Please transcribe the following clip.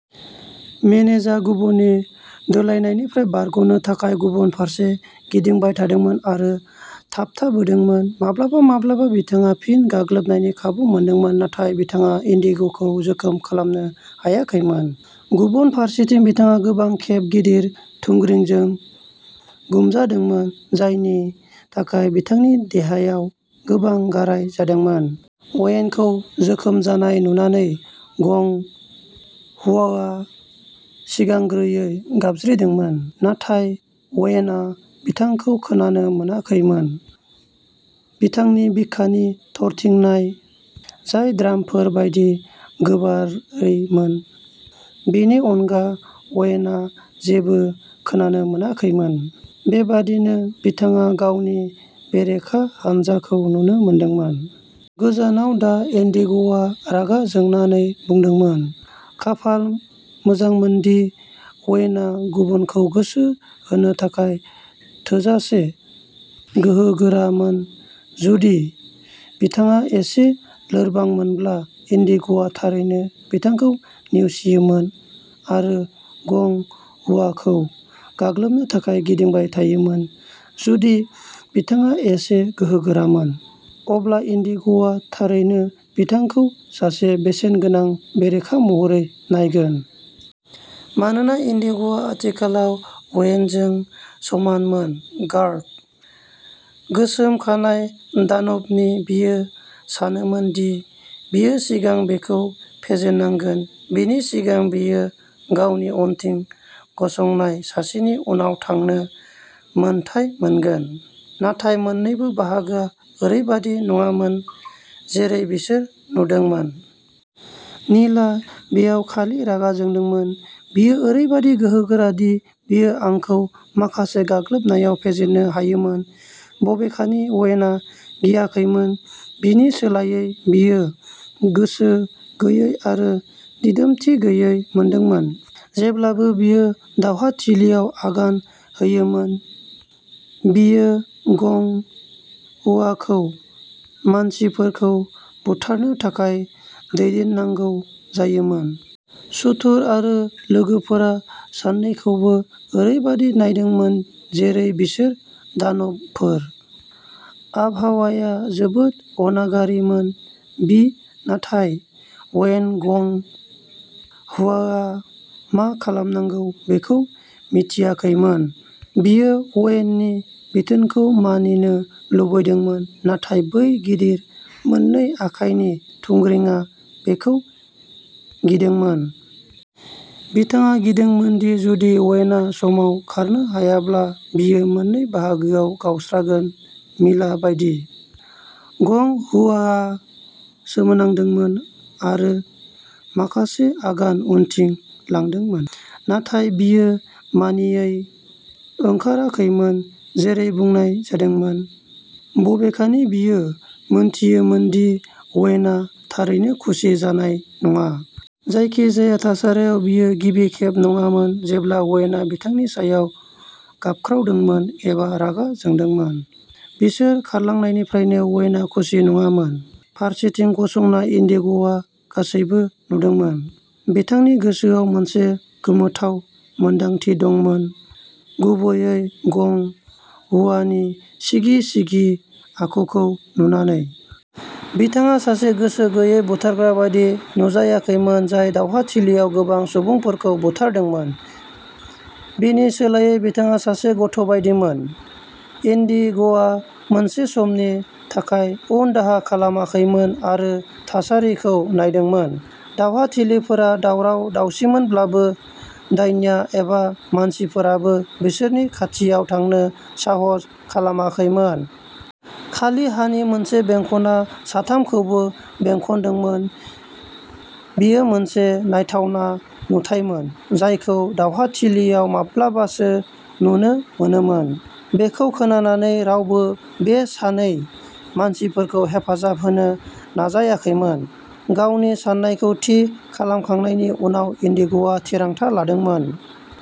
मेनेजा गुबुननि दोलायनायनिफ्राय बारग'नो थाखाय गुबुन फारसे गिदिंबाय थादोंमोन आरो थाबथाबोदोंमोन। माब्लाबा-माब्लाबा, बिथाङा फिन गाग्लोबनायनि खाबु मोनदोंमोन, नाथाय बिथाङा इन्डिग'खौ जोखोम खालामनो हायाखैमोन। गुबुन फारसेथिं, बिथाङा गोबां खेब गिदिर थुंग्रिजों गुमजादोंमोन, जायनि थाखाय बिथांनि देहायाव गोबां गाराय जादोंमोन। अवेनखौ जोखोम जानाय नुनानै, गं हुआआ सिगांग्रोयै गाबज्रिदोंमोन, नाथाय अवेनआ बिथांखौ खोनानो हायाखैमोन। बिथांनि बिखानि थरथिंनाय, जाय ड्रामफोर बायदि गोबारैमोन, बेनि अनगा अवेनआ जेबो खोनानो हायाखैमोन। बेबायदिनो, बिथाङा गावनि बेरेखा हान्जाखौ नुनो मोनदोंमोन। गोजानाव था इन्डिग'आ रागा जोंनानै बुंदोंमोन। खाफाल मोजांमोनदि, अवेनआ गुबुनखौ गोसो होनो थाखाय थोजासे गोहोगोरामोन। जुदि बिथाङा एसे लोरबांमोनब्ला, इन्डिग'आ थारैनो बिथांखौ नेवसियोमोन आरो गं हुआखौ गाग्लोबनो थाखाय गिदिंबाय थायोमोन। जुदि बिथाङा एसे गोहोगोरामोन, अब्ला इन्डिग'आ थारैनो बिथांखौ सासे बेसेनगोनां बेरेखा महरै नायगोन। मानोना इन्डिग'आ आथिखालाव अवेनजों समानमोन, गार्ड। गोसोम खानाय दानबनि, बियो सानोमोन दि बियो सिगां बिखौ फेजेननांगोन बेनि सिगां बियो गावनि उनथिं गसंनाय सासेनि उनाव थांनो मोन्थाइ मोनगोन। नाथाय मोन्नैबो बाहागोआ ओरैबायदि नङामोन जेरै बिसोर नुदोंमोन। नीलआ बेयाव खालि रागा जोंदोंमोन। बियो ओरैबायदि गोहोगोरा दि बियो आंखौ माखासे गाग्लोबनायाव फेजेननो हायोमोन। बबेखानि, अवेनआ गियाखैमोन। बेनि सोलायै, बियो गोसो गैयै आरो दिदोमथि गैयै मोनदोंमोन। जेब्लानो बियो दावहाथिलियाव आगान होयोमोन, बियो गं हुआखौ मानसिफोरखौ बुथारनो थाखाय दैदेननांगौ जायोमोन। सुथुर आरो लोगोफोरा सानैखौबो ओरैबायदि नायदोंमोन जेरै बिसोर दानबफोर। आबहावाया जोबोद अनागारिमोन बि नाथाय, अवेन गं हुआआ मा खालामनांगौ बेखौ मिथियाखैमोन। बियो अवेननि बिथोनखौ मानिनो लुबैदोंमोन, नाथाय बै गिदिर मोननै आखाइनि थुंग्रिआ बिखौ गिदोंमोन। बिथाङा गिदोंमोन दि जुदि अवेनआ समाव खारनो हायाब्ला, बियो मोननै बाहागोआव गावस्रागोन मिला बायदि। गं हुआआ सोमोनांदोंमोन, आरो माखासे आगान उनथिं लांदोंमोन। नाथाय बियो मानियै ओंखाराखैमोन जेरै बुंनाय जादोंमोन, बबेखानि बियो मोनथियोमोन दि अवेनआ थारैनो खुसि जानाय नङा। जायखिजाया थासारियाव, बेयो गिबि खेब नङामोन जेब्ला अवेनआ बिथांनि सायाव गाबख्रावदोंमोन एबा रागा जोंदोंमोन। बिसोर खारलांनायनिफ्रायनो, अवेनआ खुसि नङामोन। फारसेथिं गसंना, इन्डिग'आ गासैबो नुदोंमोन। बिथांनि गोसोआव मोनसे गोमोथाव मोनदांथि दंमोन, गुबैयै गं हुआनि सिगि-सिगि आखुखौ नुनानै। बिथाङा सासे गोसो गैयै बुथारग्रा बायदि नुजायाखैमोन जाय दावहाथिलियाव गोबां सुबुंफोरखौ बुथारदोंमोन। बेनि सोलायै, बिथाङा सासे गथ'बायदिमोन? इन्डिग'आ मोनसे समनि थाखाय उनदाहा खालामाखैमोन आरो थासारिखौ नायदोंमोन। दावहाथिलिफोरा दावराव-दावसिमोनब्लाबो, दान्या एबा मानसिफोराबो बिसोरनि खाथियाव थांनो साहस खालामाखैमोन। खालि हानि मोनसे बेंखनआ साथामखौबो बेंखनदोंमोन। बेयो मोनसे नायथावना नुथायमोन जायखौ दावहाथिलियाव माब्लाबासो नुनो मोनोमोन। बेखौ खोनानानै, रावबो बे सानै मानसिफोरखौ हेफाजाब होनो नाजायाखैमोन। गावनि साननायखौ थि खालामखांनायनि उनाव, इन्डिग'आ थिरांथा लादोंमोन।